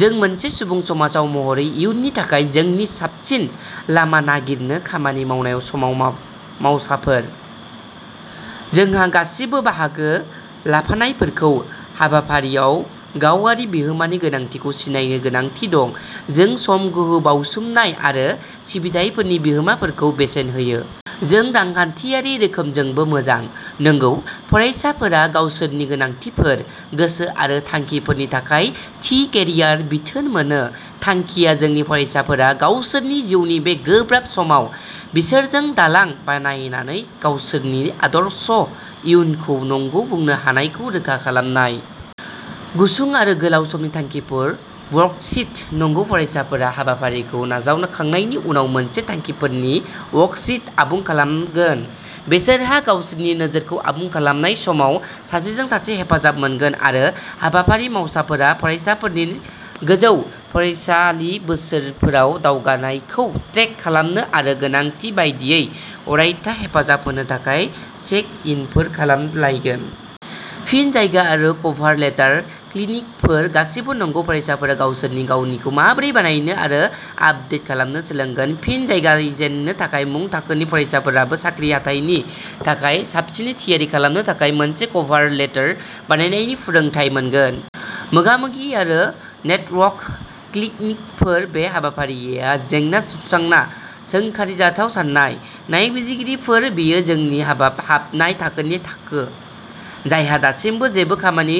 जों मोनसे सुबुं समाज महरै इयुननि थाखाय जोंनि साबसिन लामा नागिरनो खामानि मावनाय समाव मावसाफोर। जोंहा गासिबो बाहागो लाफानायफोरखौ हाबाफारियाव गावारि बिहोमानि गोनांथिखौ सिनायनो गोनांथि दं। जों सम, गोहो, बाउसोमनाय आरो सिबिथाइफोरनि बिहोमाफोरखौ बेसेन होयो। जों रांखान्थियारि रोखोमजोंबो मोजां। नंगौ फरायसाफोरा गावसोरनि गोनांथिफोर, गोसो आरो थांखिफोरनि थाखाय थि केरियार बिथोन मोनो। थांखिया जोंनि फरायसाफोरा गावसोरनि जिउनि बे गोब्राब समाव बिसोरजों दालां बानायनानै गावसोरनि आदर्श इयुनखौ नंगौ बुंनो हानायखौ रोखा खालामनाय। गुसुं आरो गोलाव समनि थांखिफोर वर्कशीट नंगौ फरायसाफोरा हाबाफारिखौ नाजावखांनायनि उनाव मोनसे थांखिफोरनि वर्कशीटखौ आबुं खालामगोन। बिसोरहा गावसोरनि नोजोरखौ आबुं खालामनाय समाव सासेजों सासे हेफाजाब मोनगोन, आरो हाबाफारि मावसाफोरा फरायसाफोरनि गोजौ फरायसालि बोसोरफोराव दावगानायखौ ट्रेक खालामनो आरो गोनांथि बायदियै अरायथा हेफाजाब होनो थाखाय चेक इनफोर सामलायगोन। फिन जागाय आरो कभार लेटार क्लिनिकफोर गासिबो नंगौ फरायसाफोरा गावसोरनि गावनिखौ माबोरै बानायनो आरो आपदेट खालामनो सोलोंगोन। फिन जागायजेनो थाखो मुं थाखोनि फरायसाफोराबो साख्रि हाथाइनि थाखाय साबसिनै थियारि खालामनो थाखाय मोनसे कभार लेटर बानायनायनि फोरोंथाय मोनगोन। मोगा-मोगि आरो नेटवर्किं क्लिनिकफोर बे हाबाफारिया जेंना सुस्रांनाय सोंखारिजाथाव साननाय। नायबिजिरगिरिफोर बेयो जोंनि हाबनाय थाखोनि थाखो, जायहा दासिमबो जेबो खामानि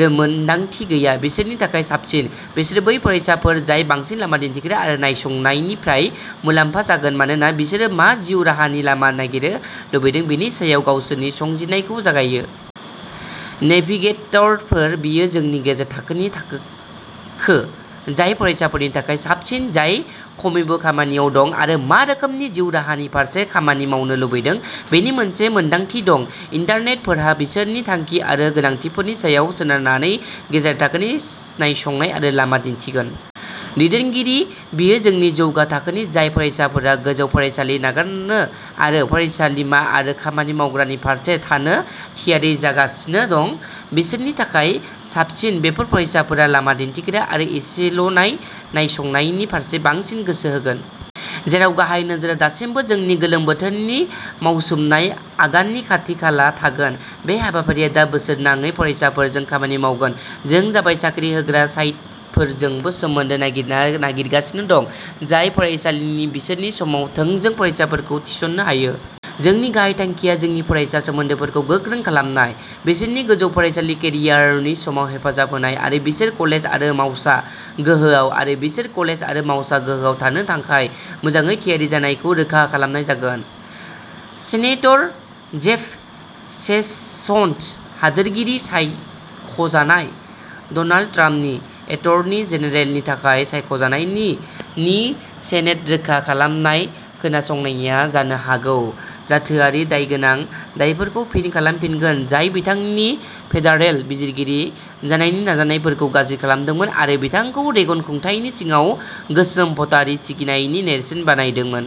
रोंमोन्दांथि गैया बिसोरनि थाखाय साबसिन। बिसोर बै फरायसाफोर जाय बांसिन लामा दिन्थिग्रा आरो नायसंनायनिफ्राय मुलाम्फा जागोन मानोना बिसोरो मा जिउ राहानि लामा नागिरनो लुबैदों बेनि सायाव गावसोरनि संजिरनायखौ जागायो। नेभिगेटरफोर बेयो जोंनि गेजेर थाखोनि थाखो, जाय फरायसाफोरनि थाखाय साबसिन जाय खमैबो खामानियाव दं आरो मा रोखोमनि जिउ राहानि फारसे खामानि मावनो लुबैदों बेनि मोनसे मोनदांथि दं। इन्टार्नफोरहा बिसोरनि थांखि आरो गोनांथिफोरनि सायाव सोनारनानै गेजेर थाखोनि नायसंनाय आरो लामा दिन्थिगोन। दैदेनगिरि बेयो जोंनि जौगा थाखोनि, जाय फरायसाफोरा गोजौ फरायसालि नागारनो आरो फरायसालिमा आरो खामानि मावग्रानि फारसे थांनो थियारि जागासिनो दं बिसोरनि थाखाय साबसिन। बेफोर फरायसाफोरा लामा दिन्थिग्रा आरो एसेल'नाय नायसंनायनि फारसे बांसिन गोसो होगोन। जेराव गाहाय नोजोरआ दासिमबो जोंनि गोलोम बोथोरनि मावसोमनाय आगाननि खाथि खाला थागोन, बे हाबाफारिया दा बोसोरनाङै फरायसाफोरजों खामानि मावगोन। जों जाबाय साख्रि होग्रा साइटफोरजोंबो सोमोन्दो नागिरगासिनो दं, जाय फरायसालि बोसोरनि समाव थोंजों फरायसाफोरखौ थिसननो हायो। जोंनि गाहाय थांखिया जोंनि फरायसा सोमोन्दोफोरखौ गोख्रों खालामनाय, बिसोरनि गोजौ फरायसालि केरियारनि समाव हेफाजाब होनाय आरो बिसोर कलेज आरो मावसा गोहोआव थांनो थाखाय मोजाङै थियारि जानायखौ रोखा खालामनाय जागोन। सेनेटर जेफ सेसन्स, हादोरगिरि-सायख' जानाय डनाल्ड ट्राम्पनि एटर्नी जेनेरेलनि थाखाय सायख' जानाय, नि सेनेट रोखा खालामनाय खोनासंनाया जानो हागौ जाथोआरि दायगोनां दायफोरखौ फिन खालामफिनगोन, जाय बिथांनि फेडारेल बिजिरगिरि जानायनि नाजानायफोरखौ गाज्रि खालामदोंमोन आरो बिथांखौ रेगन खुंथायनि सिङाव गोसोम भटारि सिगिनायनि नेरसोन बानायदोंमोन।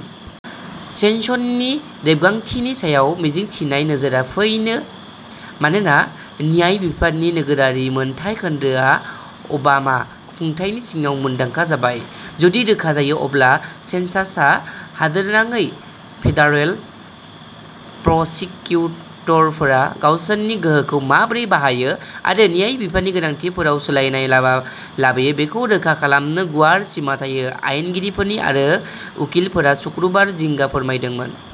सेसन्सनि रेबगान्थिनि सायाव मिजिंथिनाय नोजोरआ फैयो मानोना न्याय बिफाननि नोगोरारि मोनथाय खोन्दोआ अबामा खुंथायनि सिङाव मुंदांखा जाबाय। जुदि रोखा जायो, अब्ला सेसन्सहा हादोरनाङै फेडारेल प्रसिकिउटरफोरा गावसोरनि गोहोखौ माबोरै बाहायो आरो न्याय बिफाननि गोनांथिफोराव सोलायनाय लाबोयो बेखौ रोखा खालामनो गुवार सिमा थायो। आयेनगिरिफोर आरो उकिलफोरा सुक्रुबार जिंगा फोरमायदोंमोन।